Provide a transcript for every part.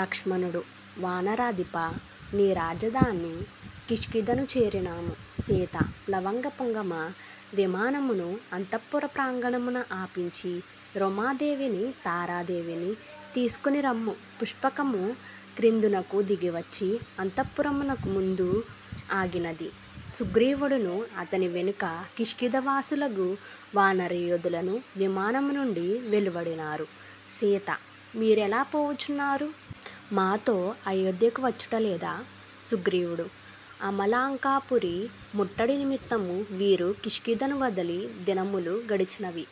లక్ష్మణుడు: వానరాధిపా నీ రాజధాని కిష్కింధను చేరినాము. సీత: ప్లవంగ పుంగవా, విమానమును అంతఃపురప్రాంగణమున ఆపించి రుమాదేవినీ తారాదేవినీ తీసికొనిరమ్ము. పుష్పకము క్రిందునకు దిగివచ్చి అంతఃపురమునకు ముందు ఆగినది. సుగ్రీవుడునూ అతని వెనుక కిష్కింధ వాసులగు వానర యోదులునూ విమానము నుండి వెలువడినారు. సీతా: మీరేల పోవుచున్నారు? మాతో అయోధ్యకు వచ్చుటలేదా? సుగ్రీవుడు: అమ్మాలంకాపురి ముట్టడి నిమిత్తము వీరు కిషిధను వదలి దినములు గడచినవి.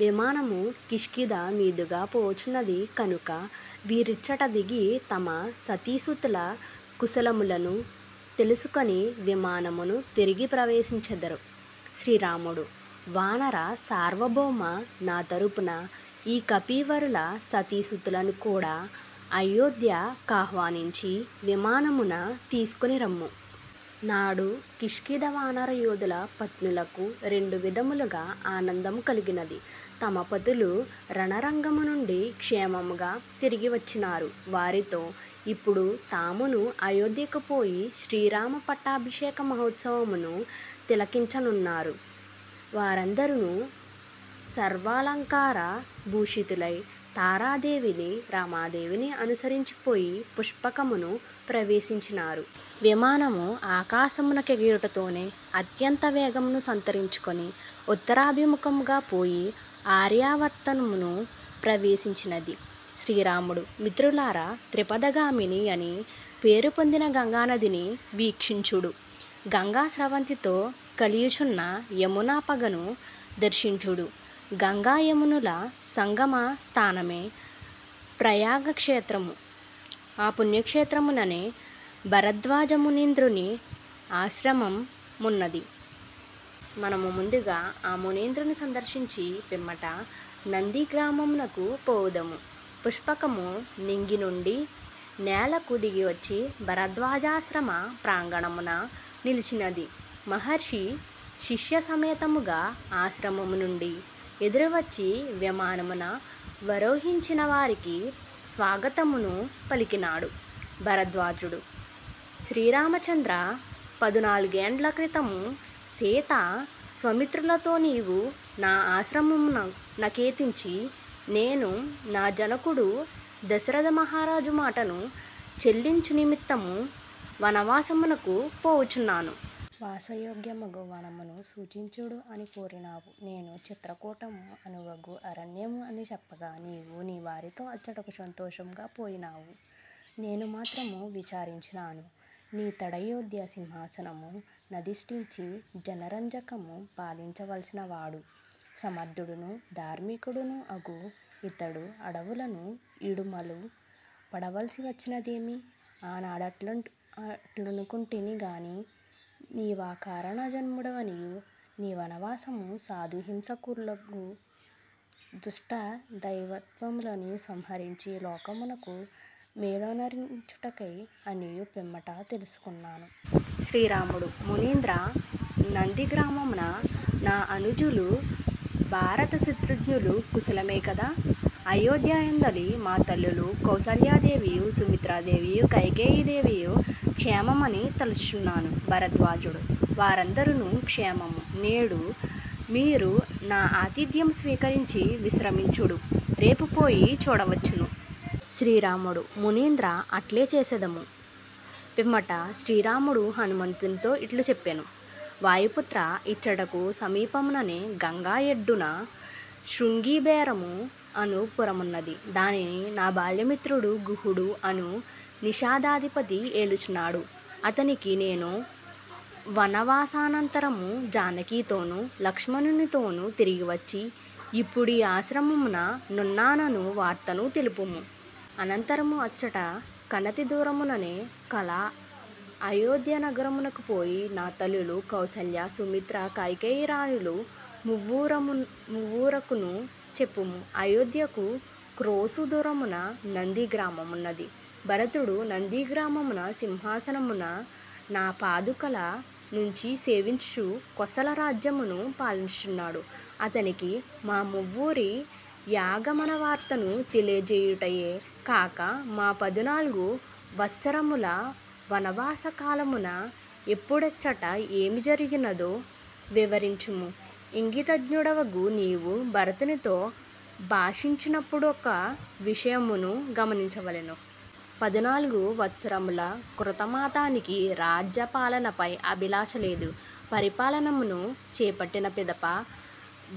విమానము కిషి ధ మీదుగా పోవుచున్నది కనుక వీరిచ్చట దిగి తమ సతీసుతుల కుశలమును తెలిసికొని విమానమును తిరిగి ప్రవేశించెదరు. శ్రీరాముడు: వానర సార్వభౌమా నా తరపున ఈ కపివరుల సతీసుతులను కూడ అయోధ్య కాహ్వానించి విమానమున తీసికొనిరమ్ము. నాడు కిషిధ వానర యోధుల పత్నులకు రెండు విధములుగ ఆనందము కలిగినది: తమ పతులు రణరంగము నుండి క్షేమముగ తిరిగివచ్చినారు. వారితో ఇప్పుడు తామునూ అయోధ్యకు పోయి శ్రీరామ పట్టాభిషేక మహోత్సవమును తిలకించనున్నారు. వారందరును సర్వాలంకార భూషితలై తారాదేవినీ రమాదేవినీ అనుసరించి పోయి పుష్పకమును ప్రవేశించినారు. విమానము ఆకసమున కెగయుటతోనే అత్యంత వేగమును సంతరించుకొని ఉత్తరాభి ముఖముగా పోయి ఆర్యావర్తమును ప్రవేశించినది. శ్రీరాముడు: మిత్రులారా 'త్రిపథగామిని'యని పేరుపొందిన గంగానదిని వీక్షించుడు. గంగా స్రవంతితో కలియుచున్న యమునా పగను దర్శించుడు. గంగా యమునల సంగమ స్థానమే ప్రయాగక్షేత్రము. ఆ పుణ్యక్షేత్రముననే భరద్వాజ మునీంద్రుని ఆశ్రమం మున్నది. మనము ముందుగా ఆ మునీంద్రునీ సందర్శించి పిమ్మట నంది గ్రామమునకు పోవుదము. పుష్పకము నింగి నుండి నేలకు దిగివచ్చి భరద్వాజాశ్రమ ప్రాంగణమున నిలిచినది. మహర్షి శిష్య సమేతముగ ఆశ్రమము నుండి ఎదురువచ్చి విమానమున వరోహించిన వారికి స్వాగతమును పలికినాడు. భరద్వాజుడు: శ్రీరామచంద్రా, పదునాలుగేండ్ల క్రితము సీతా సౌమిత్రులతో నీవు నా యాశ్రమము నకేతించి నేను నా జనకుడు దశరథ మహారాజు మాటను చెల్లించు నిమిత్తము వనవాసమునకు పోవుచున్నాను. వాసయోగ్యమగు వనమును సూచించుడు అని కోరినావు. నేను 'చిత్రకూటము అనువగు అరణ్యము అని చెప్పగా నీవు నీవారితో అచ్చటకు సంతోషముగా పోయినావు! నేను మాత్రము విచారించినాను: ఈ తడయోధ్య సింహాసనము నధిష్ఠించి జనరంజకముగ పాలించవలసినవాడు! సమర్ధుడును ధార్మికుడును అగు ఇతడు అడవులను ఇడుమలు పడవలసివచ్చినదేమి? ఆనాడట్లనుకొంటిని కాని, నీవ కారణ జన్ముడవనియూ నీ వనవాసము సాధుహింసకులగు దుష్ట దైత్యులనందఱను సంహరించి లోకమునకు మేలొనరించుట కొరకె అనియూ పిమ్మట తెలిసికొన్నాను. శ్రీరాముడు: మునీంద్రా నంది గ్రామమున నా అనుజులు భారత శత్రుఘ్నులు కుశలమె కద? అయోధ్య యందలి మా తల్లులు కౌసల్యాదేవియూ, సుమిత్రా దేవియూ కైకేయ దేవియూ క్షేమమని తలచుచున్నాను. భరద్వాజుడు: వారందఱును క్షేమము. నేడు మీరు నా ఆతిథ్యమును స్వీకరించి విశ్రమించుడు. రేపు పోయి చూడవచ్చును. శ్రీరాముడు: మునీంద్రా అట్లే చేసెదము. పిమ్మట శ్రీరాముడు హనుమంతునితో ఇట్లు చెప్పెను: వాయుపుత్రా, ఇచ్చటకు సమీపముననె గంగ యొడ్డున శృంగిబేరము అను పురమున్నది. దానిని నా బాల్యమిత్రుడు 'గుహుడు' అను నిషాదాధిపతి ఏలుచున్నాడు. అతనికి నేను వనవాసానంతరాము జానకితోనూ లక్ష్మణునితోనూ తిరిగివచ్చి ఇప్పుడీ యాశ్రమమున నున్నానను వార్తను తెలుపుము. అనంతరము అచ్చట కనతి దూరముననె కళ అయోధ్యా నగరమునకు పోయి నా తల్లులు కౌసల్య సుమిత్ర కైకేయి రాణులు మువ్వురకును చెప్పుము. అయోధ్యకు క్రోసు దూరమున నంది గ్రామమున్నది. భరతుడు నంది గ్రామమున సింహాసనమున నా పాదుకల నుంచి సేవించుచు కోసల రాజ్యమును పాలించుచున్నాడు. అతనికి మా మువ్వురి యాగమన వార్తను తెలియజేయుటయె కాక మా పదునాలుగు వత్సరముల వనవాస కాలమున ఎప్పుడెచ్చట ఏమి జరిగినదో వివరించుము ఇంగితజ్ఞుడవగు నీవు భరతునితో భాషించునపుడొక విషయమును గమనించవలెను. పదునాలుగు వత్సరముల కృతమాతనికి రాజ్య పాలనముపై అభిలాష లేదు. పరిపాలనమును చేపట్టిన పిదప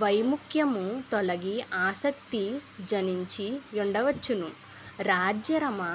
వైముఖ్యము తొలగి ఆసక్తి జనించి యుండవచ్చును. రాజ్యరమ